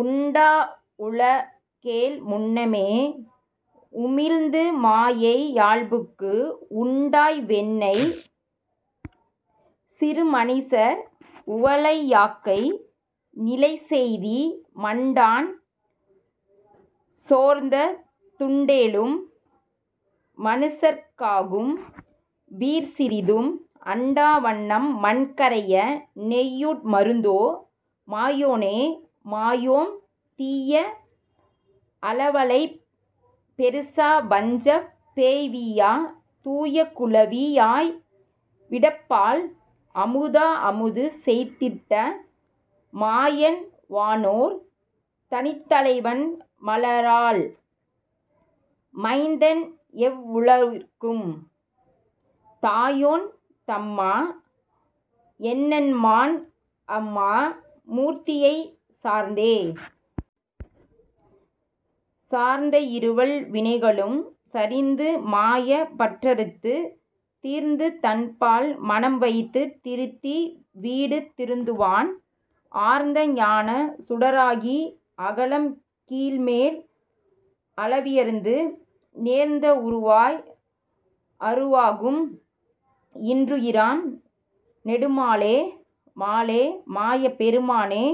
உண்டா உவலகேழ் முன்னமே, உமிழ்ந்து மாயை யால்புக்கு உண்டாய் வெண்ணெய் சிறுமனிசர் உவலை யாக்கை நிலையெய்தி மண்டான் சோர்ந்த துண்டேலும் மனிசர்க் காகும் பீர் சிறிதும் அண்டா வண்ணம் மண்கரைய நெய்யூண் மருந்தோ? மாயோனே.. மாயோம் தீய அலவலைப் பெருமா வஞ்சப் பேய்வீய தூய குழவி யாய்விடப்பால் அமுதா அமுது செய்திட்ட மாயன் வானோர் தனித்தலைவன் மலராள் மைந்த னெவ்வுயிர்க்கும் தாயோன் தம்மா னென்னம்மான் அம்மா மூர்த்தி யைச்சார்ந்தே.. சார்ந்த இருவல் வினைகளும் சரிந்து மாயப் பற்றுடத்து தீர்ந்து தன்பால் மனம்வைக்கத் திருத்தி வீடு திருத்துவான், ஆர்ந்த ஞானச் சுடராகி அகலம் கீழ்மேல் அளவிறந்து, நேர்ந்த வுருவாய் அருவாகும் இவற்றி னுயிராம் நெடுமாலே. மாலே. மாயப் பெருமானே.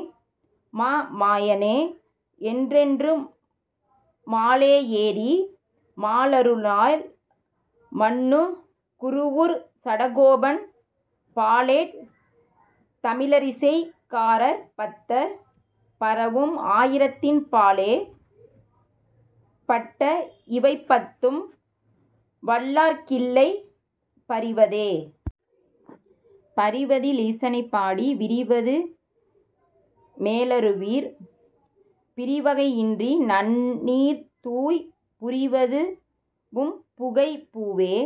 மாமா யனே. என்றென்று மாலே யேறி மாலருளால் மன்னு குருகூர்ச் சடகோபன் பாலேய் தமிழ ரிசைகாரர் பத்தர் பரவும் ஆயிரத்தின் பாலே பட்ட இவைபத்தும் வல்லார்க் கில்லை பரிவதே. பரிவதி லீசனைப் பாடி விரிவது மேலறுவீர். பிரிவகை யின்றிநன் னீர்தூய் புரிவது வும்புகை பூவே..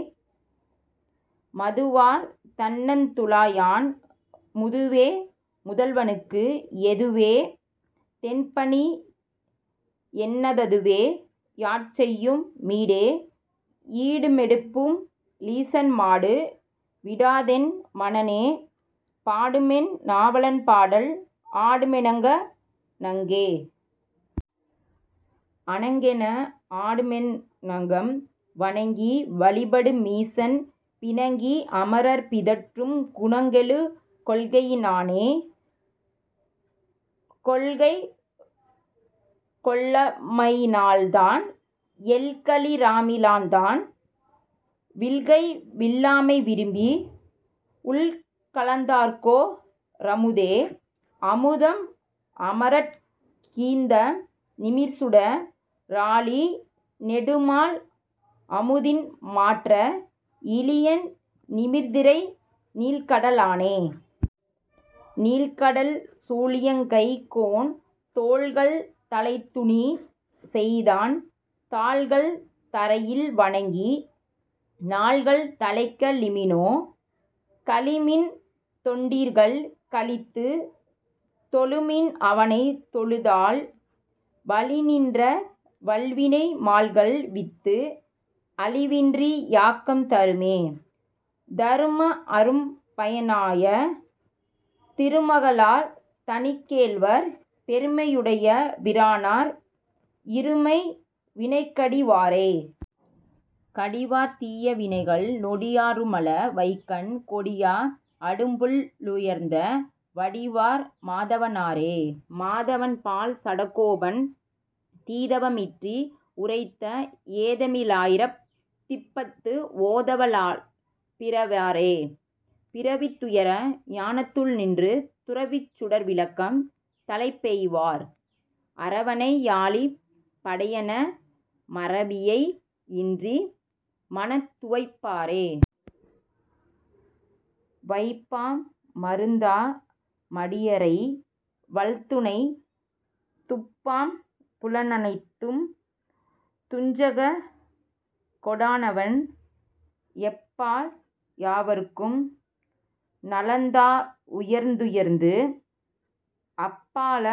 மதுவார் தண்ணந் துழாயான் முதுவே தமுதல் வனுக்கு எதுவே தென்பணி என்னா ததுவே யாட்செய்யு மீடே.. ஈடு மெடுப்புமி லீசன் மாடு விடாதென் மனனே பாடுமென் நாவலன் பாடல் ஆடுமெ னங்கம ணங்கே.. அணங்கென ஆடுமெ னங்கம் வணங்கி வழிபடு மீசன் பிணங்கி அமரர் பிதற்றும் குணங்கெழு கொள்கையி னானே.. கொள்கைகொ ளாமையி லாதான் எள்கலி ராகமி லாதான் விள்கைவிள் ளாமைவி ரும்பி உள்கலந் தார்க்கோ ரமுதே.. அமுதம் அமரகட் கீந்த நிமிர்சுட ராழி நெடுமால் அமுதிலு மாற்ற இனியன் நிமிர்திரை நீள்கட லானே.. நீள்கடல் சூழியங் கைக்கோன் தோள்கள் தலைதுணி செய்தான் தாள்கள் தலையில் வணங்கி நாள்கள் தலைக்க ழிமினே.. கழிமின்தொண் டீர்கள் கழித்துத் தொழுமின் அவனைத் தொழுதால் வழிநின்ற வல்வினை மாள்வித்து அழிவின்றி யாக்கம் தருமே.. தரும அரும்பய னாய திருமக ளார்தனிக் கேள்வர், பெருமை யுடைய பிரானார், இருமை வினைகடி வாரே.. கடிவார் தீய வினைகள் நொடியா ருமள வைக்கண் கொடியா அடுபுள் ளுயர்த்த வடிவார் மாதவ னாரே. மாதவன் பால்சட கோபன் தீதவ மின்றி யுரைத்த ஏதமி லாயிரத் திப்பத்து ஓதவல் லார்பிற வாரே. பிறவித்துயரற ஞானத்துள்நின்று, துறவிச்சுடர்விளக்கம் தலைப்பெய்வார், அறவனை யாழிப் படையந, மறவியை இன்றி மனத்துவைப் பாரே.. வைப்பாம்மருந்தா மடியரை, வல்துனைத் துப்பாம் புலனைந்தும் துஞ்சக கொடானவன், எப்பால் யவர்க்கும் நலத்தா லுயர்ந்துயர்ந்து, அப்பால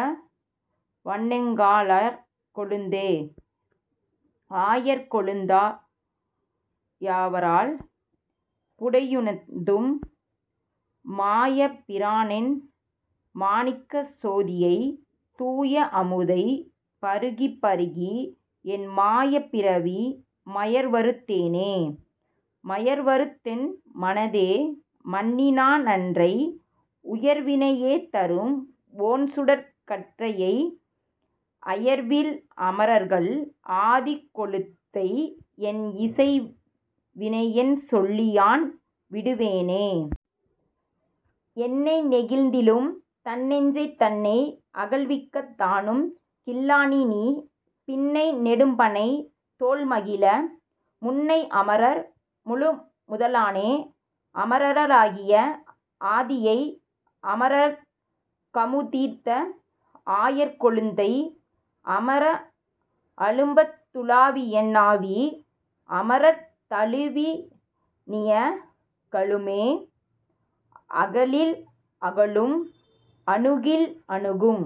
வனெங்க ளாயர் கொழுந்தே.. ஆயர் கொழுந்தா யவரால் புடையுண்ணும், மாயப் பிரானையென் மாணிக்கச் சோதியை, தூய அமுதைப் பருகிப்பருகி, என் மாயப் பிறவி மயர்வறுத் தேனே.. மயர்வறவென்மனத்தே மன்னினான் றன்னை, உயர்வினை யேதரும் ஒண்சுடர்க் கற்றையை, அயர்வில் அமரர்கள் ஆதிக்கொழுந்தை, என் இசைவினையென்சொல்லி யான்விடுவேனே.. என்னை நெகிழ்க்கிலும் நன்னெஞ்சந் தன்னை, அகல்விக்கத் தானும்கில்லானினி, பின்னை நெடும்பணைத் தோள்மகிழ, முன்னை யமரர் முழுமுத லானே.. அமரர லாகிய ஆதியை, அமரர்க் கமுதீந்த ஆயர் கொழுந்தை, அமர அழும்பத் துழாவியென் னாவி, அமரர்த் தழுவிற் றினிய கலுமோ.. அகலில் அகலும் அணுகில் அணுகும்,